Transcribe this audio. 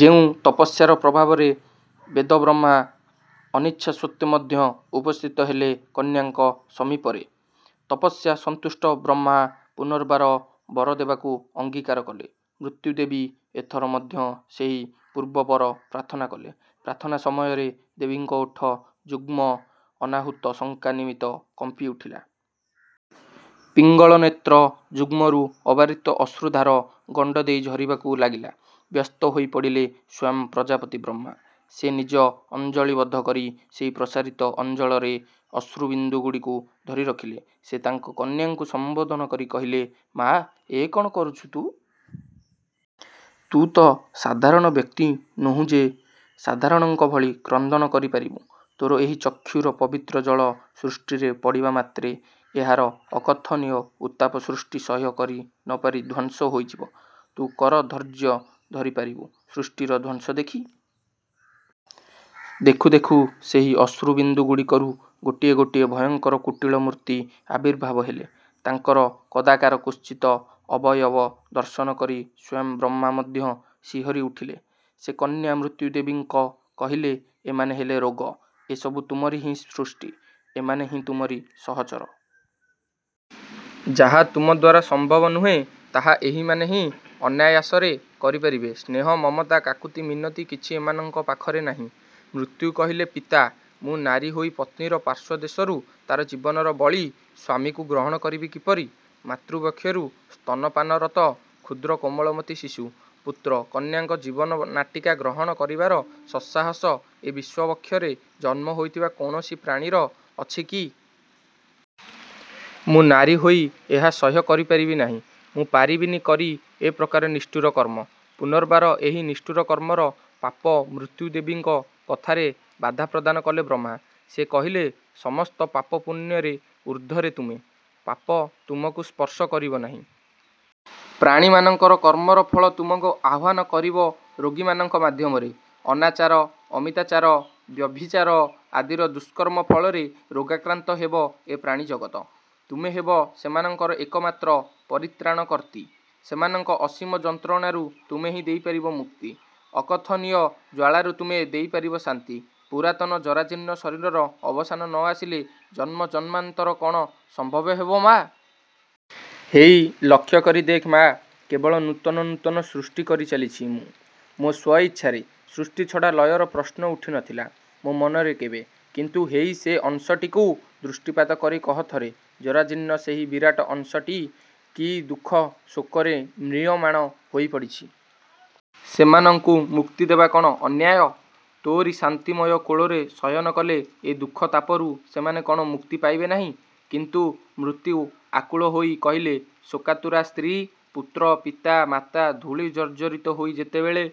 ଯେଉଁ ତପସ୍ୟାର ପ୍ରଭାବରେ ବେଦବ୍ରହ୍ମା ଅନିଚ୍ଛାସତ୍ତ୍ୱେ ମଧ୍ୟ ଉପସ୍ଥିତ ହେଲେ କନ୍ୟାଙ୍କ ସମୀପରେ। ତପସ୍ୟା-ସନ୍ତୁଷ୍ଟ-ବ୍ରହ୍ମା ପୁନର୍ବାର ବର ଦେବାକୁ ଅଙ୍ଗିକାର କଲେ। ମୃତ୍ୟୁଦେବୀ ଏଥର ମଧ୍ୟ ସେହି ପୂର୍ବ ବର ପ୍ରାର୍ଥନା କଲେ। ପ୍ରାର୍ଥନା ସମୟରେ ଦେବୀଙ୍କ ଓଷ୍ଠ ଯୁଗ୍ମ ଅନାହୁତ ଶଙ୍କା ନିମିତ୍ତ କମ୍ପି ଉଠିଲା। ପିଙ୍ଗଳ ନେତ୍ର-ଯୁଗ୍ମରୁ ଅବାରିତ ଅଶ୍ରୁଧାର ଗଣ୍ଡ ଦେଇ ଝରିବାକୁ ଲାଗିଲା। ବ୍ୟସ୍ତ ହୋଇ ପଡ଼ିଲେ ସ୍ୱୟଂ ପ୍ରଜାପତି ବ୍ରହ୍ମା। ସେ ନିଜ ଅଞ୍ଜଳିବଦ୍ଧ କରି ସେହି ପ୍ରସାରିତ ଅଞ୍ଜଳରେ ଅଶ୍ରୁବିନ୍ଦୁଗୁଡ଼ିକୁ ଧରି ରଖିଲେ। ସେ ତାଙ୍କ କନ୍ୟାଙ୍କୁ ସମ୍ୱୋଧନ କରି କହିଲେ, ମା! ଏ କଣ କରୁଛୁ ତୁ? ତୁ ତ ସାଧାରଣ ବ୍ୟକ୍ତି ନୋହୁଁ ଯେ ସାଧାରଣଙ୍କ ଭଳି କ୍ରନ୍ଦନ କରି ପାରିବୁ। ତୋର ଏହି ଚକ୍ଷୁର ପବିତ୍ର ଜଳ ସୃଷ୍ଟିରେ ପଡ଼ିବା ମାତ୍ରେ ଏହାର ଅକଥନୀୟ ଉତ୍ତାପ ସୃଷ୍ଟି ସହ୍ୟ କରି ନ ପାରି ଧ୍ୱଂସ ହୋଇଯିବ। ତୁ କ'ର ଧୈର୍ଯ୍ୟ ଧରି ପାରିବୁ ସୃଷ୍ଟିର ଧ୍ୱଂସ ଦେଖି? ଦେଖୁ ଦେଖୁ ସେହି ଅଶ୍ରୁ ବିନ୍ଦୁ ଗୁଡ଼ିକରୁ ଗୋଟିଏ ଗୋଟିଏ ଭୟଙ୍କର କୁଟିଳ ମୂର୍ତ୍ତି ଆବିର୍ଭାବ ହେଲେ। ତାଙ୍କର କଦାକାର କୁତ୍ସିତ ଅବୟବ ଦର୍ଶନ କରି ସ୍ୱୟଂ ବ୍ରହ୍ମା ମଧ୍ୟ ଶିହରି ଉଠିଲେ। ସେ କନ୍ୟା ମୃତ୍ୟୁଦେବୀଙ୍କ କହିଲେ-ଏମାନେ ହେଲେ ରୋଗ, ଏ ସବୁ ତୁମରି ହିଁ ସୃଷ୍ଟି, ଏମାନେ ହିଁ ତୁମରି ସହଚର। ଯାହା ତୁମଦ୍ୱାରା ସମ୍ଭବ ନୁହେଁ ତାହା ଏହିମାନେ ହିଁ ଅନାୟାସରେ କରିପାରିବେ। ସ୍ନେହ, ମମତା, କାକୁତି, ମିନତି କିଛି ଏମାନଙ୍କ ପାଖରେ ନାହିଁ। ମୃତ୍ୟୁ କହିଲେ, ପିତା! ମୁଁ ନାରୀ ହୋଇ ପତ୍ନୀର ପାର୍ଶ୍ୱଦେଶରୁ ତାର ଜୀବନର ବଳି ସ୍ୱାମୀକୁ ଗ୍ରହଣ କରିବି କିପରି। ମାତୃବକ୍ଷରୁ ସ୍ତନପାନରତ କ୍ଷୁଦ୍ର କୋମଳମତି ଶିଶୁ, ପୁତ୍ର, କନ୍ୟାଙ୍କ ଜୀବନ ନାଟିକା ଗ୍ରହଣ କରିବାର ସତ୍ସାହସ ଏ ବିଶ୍ୱ ବକ୍ଷରେ ଜନ୍ମ ହୋଇଥିବା କୌଣସି ପ୍ରାଣୀର ଅଛି କି? ମୁଁ ନାରୀ ହୋଇ ଏହା ସହ୍ୟ କରିପାରିବି ନାହିଁ। ମୁଁ ପାରିବିନି କରି ଏ ପ୍ରକାର ନିଷ୍ଠୁର କର୍ମ। ପୂନର୍ବାର ଏହି ନିଷ୍ଠୁର କର୍ମର ପାପ ମୃତ୍ୟୁଦେବୀଙ୍କ କଥାରେ ବାଧା ପ୍ରଦାନ କଲେ ବ୍ରହ୍ମା, ସେ କହିଲେ, ସମସ୍ତ ପାପପୁଣ୍ୟରେ ଊର୍ଦ୍ଧ୍ୱରେ ତୁମେ। ପାପ ତୁମକୁ ସ୍ପର୍ଶ କରିବ ନାହିଁ। ପ୍ରାଣୀମାନଙ୍କର କର୍ମର ଫଳ ତୁମକୁ ଆହ୍ୱାନ କରିବ ରୋଗୀମାନଙ୍କ ମାଧ୍ୟମରେ। ଅନାଚାର, ଅମିତାଚାର, ବ୍ୟଭିଚାର ଆଦିର ଦୁଷ୍କର୍ମ ଫଳରେ ରୋଗାକ୍ରାନ୍ତ ହେବ ଏ ପ୍ରାଣୀ ଜଗତ। ତୁମେ ହେବ ସେମାନଙ୍କର ଏକମାତ୍ର ପରିତ୍ରାଣକର୍ତ୍ତୀ। ସେମାନଙ୍କ ଅସୀମ ଯନ୍ତ୍ରଣାରୁ ତୁମେହିଁ ଦେଇପାରିବ ମୁକ୍ତି, ଅକଥନୀୟ ଜ୍ୱାଳାରୁ ତୁମେ ଦେଇପାରିବ ଶାନ୍ତି, ପୂରାତନ ଜରାଜୀର୍ଣ୍ଣ ଶରୀରର ଅବସାନ ନ ଆସିଲେ ଜନ୍ମ ଜନ୍ମାନ୍ତର କ'ଣ ସମ୍ଭବ ହେବ ମା! ହେଇ ଲକ୍ଷ୍ୟକରି ଦେଖ୍ ମା, କେବଳ ନୂତନ ନୂତନ ସୃଷ୍ଟି କରିଚାଲିଛି ମୁଁ, ମୋ ସ୍ୱଇଚ୍ଛାରେ। ସୃଷ୍ଟି ଛଡ଼ା ଲୟର ପ୍ରଶ୍ନ ଉଠି ନ ଥିଲା ମୋ ମନରେ କେବେ। କିନ୍ତୁ-ହେଇ ସେ ଅଂଶଟିକୁ ଦୃଷ୍ଟିପାତ କରି କହ ଥରେ, ଜରାଜୀର୍ଣ୍ଣ ସେହି ବିରାଟ ଅଂଶଟି କି ଦୁଃଖ ଶୋକରେ ମ୍ରିୟମାଣ ହୋଇପଡ଼ିଛି। ସେମାନଙ୍କୁ ମୁକ୍ତି ଦେବା କ'ଣ ଅନ୍ୟାୟ? ତୋରି ଶାନ୍ତିମୟ କୋଳରେ ଶୟନ କଲେ ଏ ଦୁଃଖ ତାପରୁ ସେମାନେ କଣ ମୁକ୍ତି ପାଇବେ ନାହିଁ? କିନ୍ତୁ-। ମୃତ୍ୟୁ ଆକୁଳ ହୋଇ କହିଲେ-ଶୋକାତୁରା ସ୍ତ୍ରୀ, ପୁତ୍ର, ପିତା, ମାତା, ଧୂଳି ଜର୍ଜରିତ ହୋଇ ଯେତେବେଳେ